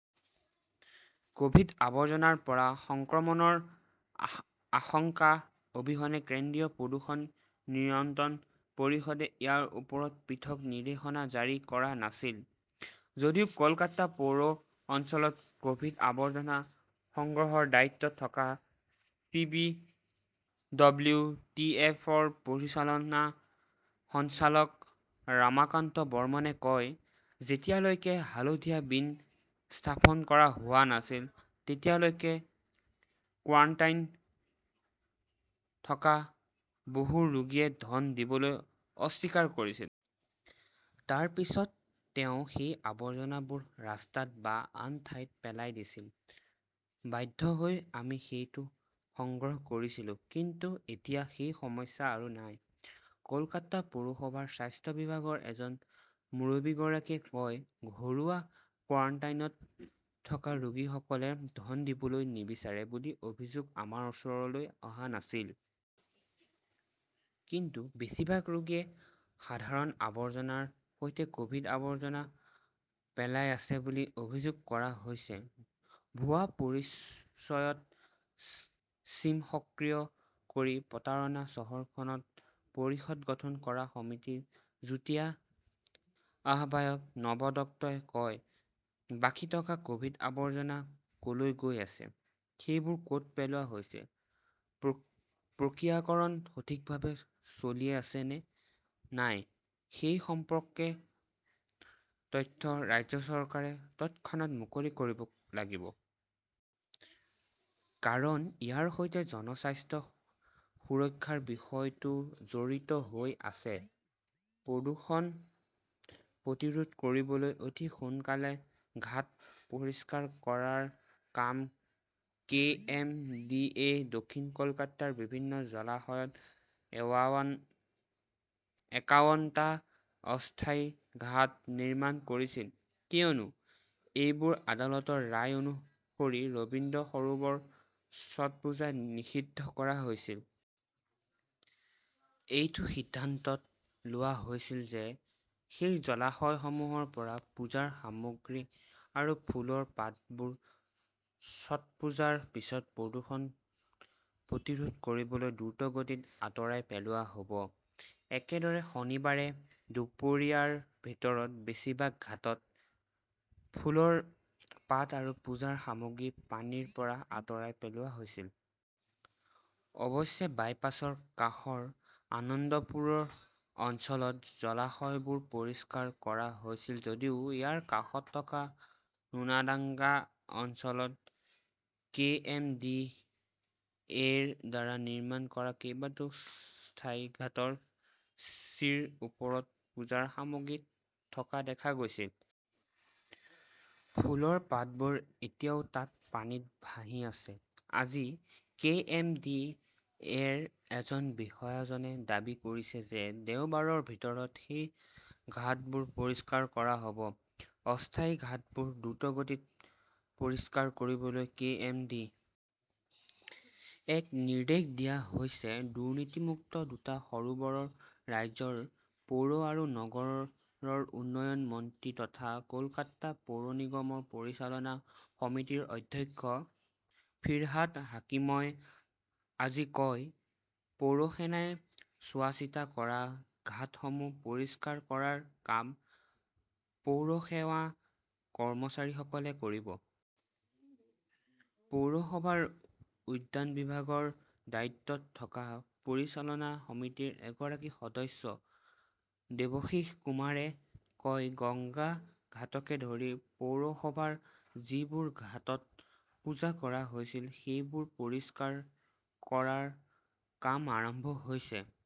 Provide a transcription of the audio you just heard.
কভিড-আৱৰ্জনাৰ পৰা সংক্ৰমণৰ আশংকা অবিহনে কেন্দ্ৰীয় প্ৰদূষণ নিয়ন্ত্ৰণ পৰিষদে ইয়াৰ ওপৰত পৃথক নিৰ্দেশনা জাৰি কৰা নাছিল। যদিও কলকাতা পৌৰ অঞ্চলত কভিড-আৱৰ্জনা সংগ্ৰহৰ দায়িত্বত থকা T. B. W. T. F. -ৰ পৰিচালন সঞ্চালক ৰামকান্ত বৰ্মনে কয়, যেতিয়ালৈকে হালধীয়া বীন স্থাপন কৰা হোৱা নাছিল তেতিয়ালৈকে কোৱানণ্টাইনত থকা বহু ৰোগীয়ে ধন দিবলৈ অস্বীকাৰ কৰিছিল। তাৰ পিছত তেওঁ সেই আৱৰ্জনাবোৰ ৰাস্তাত বা আন ঠাইত পেলাই দিছিল। বাধ্য হৈ আমি সেইটো সংগ্ৰহ কৰিছিলো। কিন্তু এতিয়া সেই সমস্যা আৰু নাই। কলকাতা পৌৰসভাৰ স্বাস্থ্য বিভাগৰ এজন মুৰব্বীগৰাকীয়ে কয়, ঘৰুৱা কোৱাৰাণ্টাইনত থকা ৰোগীসকলে ধন দিবলৈ নিবিচাৰে বুলি অভিযোগ আমাৰ ওচৰলৈ অহা নাছিল। কিন্তু বেছিভাগ ৰোগীয়ে সাধাৰণ আৱৰ্জনাৰ সৈতে কভিড-আৱৰ্জনা পেলাই আছে বুলি অভিযোগ কৰা হৈছে। ভুৱা পৰিচয়ত ছিম সক্ৰিয় কৰি প্ৰতাৰণা চহৰখনত পৰিষদ গঠন কৰা সমিতিৰ যুটীয়া আহ্বায়ক নব দত্তই কয়, বাকী থকা কভিড-আৱৰ্জনা কলৈ গৈ আছে, সেইবোৰ কত পেলোৱা হৈছে, প্ৰক্ৰিয়াকৰণ সঠিকভাৱে চলি আছে নে নাই সেই সম্পৰ্কে তথ্য ৰাজ্য চৰকাৰে তৎক্ষণাত মুকলি কৰিব লাগিব। কাৰণ ইয়াৰ সৈতে জনস্বাস্থ্য সুৰক্ষাৰ বিষয়টো জড়িত হৈ আছে। প্ৰদূষণ প্ৰতিৰোধ কৰিবলৈ অতি সোনকালে ঘাট পৰিষ্কাৰ কৰাৰ কাম কে. এম. ডি. এ. দক্ষিণ কলকাতাৰ বিভিন্ন জলাশয়ত এৱাৱান একাৱন টা অস্থায়ী ঘাট নিৰ্মাণ কৰিছিল কিয়নো এইবাৰ আদালতৰ ৰায় অনুসৰি ৰবীন্দ্ৰ সৰোবৰৰ ছটপুজা নিষিদ্ধ কৰা হৈছিল। এইটো সিদ্ধান্ত লোৱা হৈছিল যে সেই জলাশয়সমূহৰ পৰা পূজাৰ সামগ্ৰী আৰু ফুলৰ পাতবোৰ ছটপুজাৰ পিছত প্ৰদূষণ প্ৰতিৰোধ কৰিবলৈ দ্ৰুতগতিত আঁতৰাই পেলোৱা হ'ব। একেদৰে, শনিবাৰে দুপৰীয়াৰ ভিতৰত বেছিভাগ ঘাটত ফুলৰ পাত আৰু পূজাৰ সামগ্ৰী পানীৰ পৰা আঁতৰাই পেলোৱা হৈছিল। অৱশ্যে, বাইপাছৰ কাষৰ আনন্দপুৰ অঞ্চলত জলাশয়বোৰ পৰিষ্কাৰ কৰা হৈছিল যদিও ইয়াৰ কাষত থকা নোনাডাঙ্গা অঞ্চলত কে. এম. ডি. এ. -ৰ দ্বাৰা নিৰ্মাণ কৰা কেইবাটাও স্থায়ী ঘাটৰ চিৰ ওপৰত পূজাৰ সামগ্ৰী থকা দেখা গৈছিল। ফুলৰ পাতবোৰ এতিয়াও তাত পানীত ভাহি আছে। আজি, কে. এম. ডি. এ. -ৰ এজন বিষয়াজনে দাবী কৰিছে যে দেওবাৰৰ ভিতৰত সেই ঘাটবোৰ পৰিষ্কাৰ কৰা হ 'ব। অস্থায়ী ঘাটবোৰ দ্ৰুতগতিত পৰিষ্কাৰ কৰিবলৈ কে. এম. ডি. এ. ক নিৰ্দেশ দিয়া হৈছে, দুৰ্নীতি-মুক্ত দুটা সৰোবৰ ৰাজ্যৰ পৌৰ আৰু নগৰ উন্নয়ন মন্ত্ৰী তথা কলকাতা পৌৰ নিগমৰ পৰিচালনা সমিতিৰ অধ্যক্ষ ফিৰহাদ হাকিমই আজি কয়। পৌৰসেনাই চোৱাচিতা কৰা ঘাটসমূহ পৰিষ্কাৰ কৰাৰ কাম পৌৰসেৱা কৰ্মচাৰীসকলে কৰিব। পৌৰসভাৰ উদ্যান বিভাগৰ দায়িত্বত থকা পৰিচালনা সমিতিৰ এগৰাকী সদস্য দেৱশীশ কুমাৰে কয়, গংগা ঘাটকে ধৰি পৌৰসভাৰ যিবোৰ ঘাটত পূজা কৰা হৈছিল সেইবোৰ পৰিষ্কাৰ কৰাৰ কাম আৰম্ভ হৈছে।